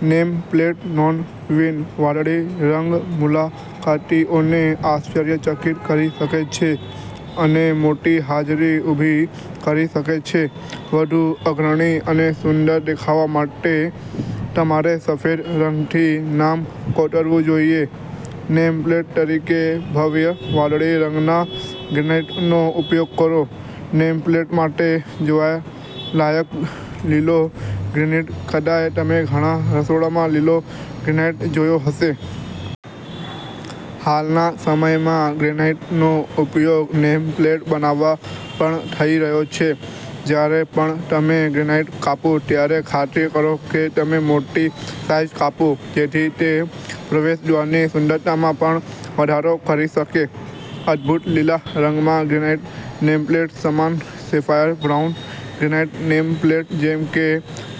Name પ્લેટનોનવીન વાદળી રંગ મુલાકાતીઓને આશ્ચર્યચકિત કરી શકે છે અને મોટી હાજરી ઉભી કરી શકે છે. વધુ અગ્રણી અને સુંદર દેખાવા માટે તમારે સફેદ રંગથી નામ કોતરવું જોઈએ. નેમપ્લેટ તરીકે ભવ્ય વાદળી રંગના ગ્રેનાઈટનો ઉપયોગ કરો નેમપ્લેટ્સ માટે જોવાલાયક લીલો ગ્રેનાઈટ કદાચ તમે ઘણા રસોડામાં લીલો ગ્રેનાઈટ જોયો હશે. હાલના સમયમાં ગ્રેનાઈટનો ઉપયોગ નેમ પ્લેટ બનાવવામાં પણ થઈ રહ્યો છે. જ્યારે પણ તમે ગ્રેનાઈટ કાપો ત્યારે ખાતરી કરો કે તમે મોટી સાઈઝ કાપો જેથી તે પ્રવેશદ્વારની સુંદરતામાં પણ વધારો કરી શકે. અદભૂત લીલા રંગમાં ગ્રેનાઈટ નેમપ્લેટ સમાન sapphire brown granite name plate જેમ કે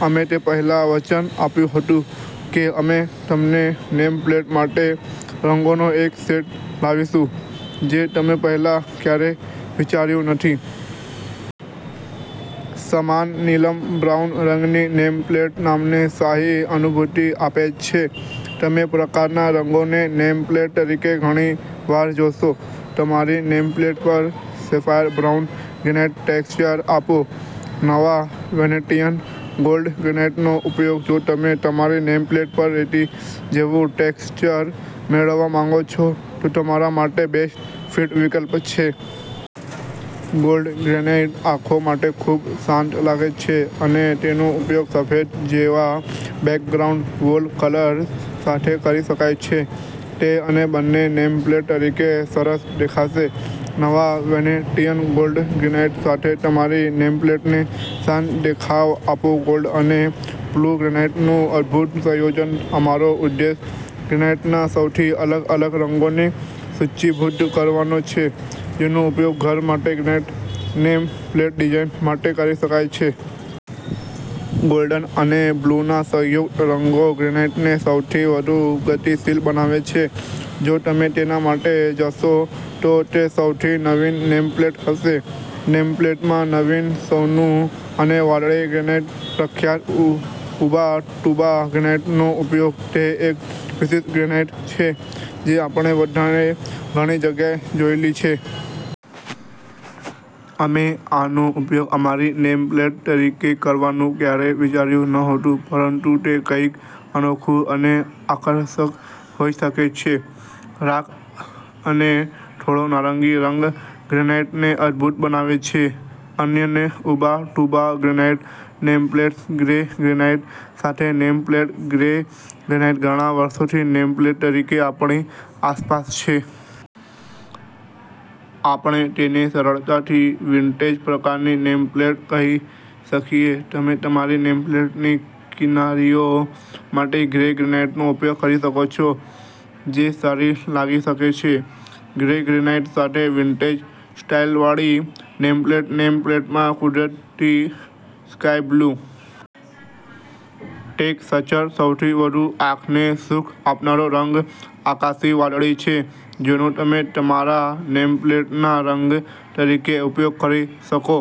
અમે તે પહેલાં વચન આપ્યું હતું કે અમે તમને નેમ પ્લેટ માટે રંગોનો એક સેટ લાવીશું જે તમે પહેલાં ક્યારેય વિચાર્યું નથી. સમાન નીલમ બ્રાઉન રંગની નેમ પ્લેટ નામને શાહી અનુભૂતિ આપે છે. તમે પ્રકારના રંગોને નેમપ્લેટ તરીકે ઘણી વાર જોશો. તમારી નેમપ્લેટ પર સેફાયર બ્રાઉન ગ્રેનાઈટ ટેક્સચર આપો નવા વેનેટીયન ગોલ્ડ ગ્રેનાઈટનો ઉપયોગ જો તમે તમારી નેમ પ્લેટ પર રેતી જેવું ટેક્સચર મેળવવા માંગો છો તો તમારા માટે બેસ્ટ ફિટ વિકલ્પ છે. ગોલ્ડ ગ્રેનાઈટ આંખો માટે ખૂબ શાંત લાગે છે અને તેનો ઉપયોગ સફેદ જેવા બેકગ્રાઉન્ડ વોલ કલર્સ સાથે કરી શકાય છે. તે અને બંને નેમ પ્લેટ તરીકે સરસ દેખાશે. નવા વેનેટીયન ગોલ્ડ ગ્રેનાઈટ સાથે તમારી નેમપ્લેટને શાંત દેખાવ આપો ગોલ્ડન અને બ્લુ ગ્રેનાઈટનું અદભૂત સંયોજન અમારો ઉદ્દેશ્ય ગ્રેનાઈટના સૌથી અલગ અલગ રંગોને સૂચિબદ્ધ કરવાનો છે જેનો ઉપયોગ ઘર માટે ગ્રેનાઈટ નેમ પ્લેટ ડિઝાઇન માટે કરી શકાય છે. ગોલ્ડન અને બ્લુના સંયુક્ત રંગો ગ્રેનાઈટને સૌથી વધુ ગતિશીલ બનાવે છે. જો તમે તેના માટે જશો તો તે સૌથી નવીન નેમ પ્લેટ હશે. નેમપ્લેટમાં નવીન સોનું અને વાદળી ગ્રેનાઈટ પ્રખ્યાત ઉબા ટુબા ગ્રેનાઈટનો ઉપયોગ તે એક વિશિષ્ટ ગ્રેનાઈટ છે જે આપણે બધાએ ઘણી જગ્યાએ જોયેલી છે. અમે આનો ઉપયોગ અમારી નેમ પ્લેટ તરીકે કરવાનું ક્યારેય વિચાર્યું નહોતું પરંતુ તે કંઈક અનોખું અને આકર્ષક હોઈ શકે છે. રાખ અને થોડો નારંગી રંગ ગ્રેનાઈટને અદભૂત બનાવે છે. અનન્ય Ubatuba granite nameplates grey granite સાથે નેમ પ્લેટ ગ્રે ગ્રેનાઈટ ઘણા વર્ષોથી નેમપ્લેટ તરીકે આપણી આસપાસ છે. આપણે તેને સરળતાથી વિન્ટેજ પ્રકારની નેમપ્લેટ કહી શકીએ. તમે તમારી નેમપ્લેટની કિનારીઓ માટે ગ્રે ગ્રેનાઈટનો ઉપયોગ કરી શકો છો, જે સારી લાગી શકે છે. ગ્રે ગ્રેનાઈટ સાથે વિન્ટેજ-સ્ટાઈલવાળી નેમપ્લેટ નેમ પ્લેટમાં કુદરતી સ્કાય-બ્લુ ટેક્સચર સૌથી વધુ આંખને સુખ આપનારો રંગ આકાશી વાદળી છે જેનો તમે તમારા નેમપ્લેટના રંગ તરીકે ઉપયોગ કરી શકો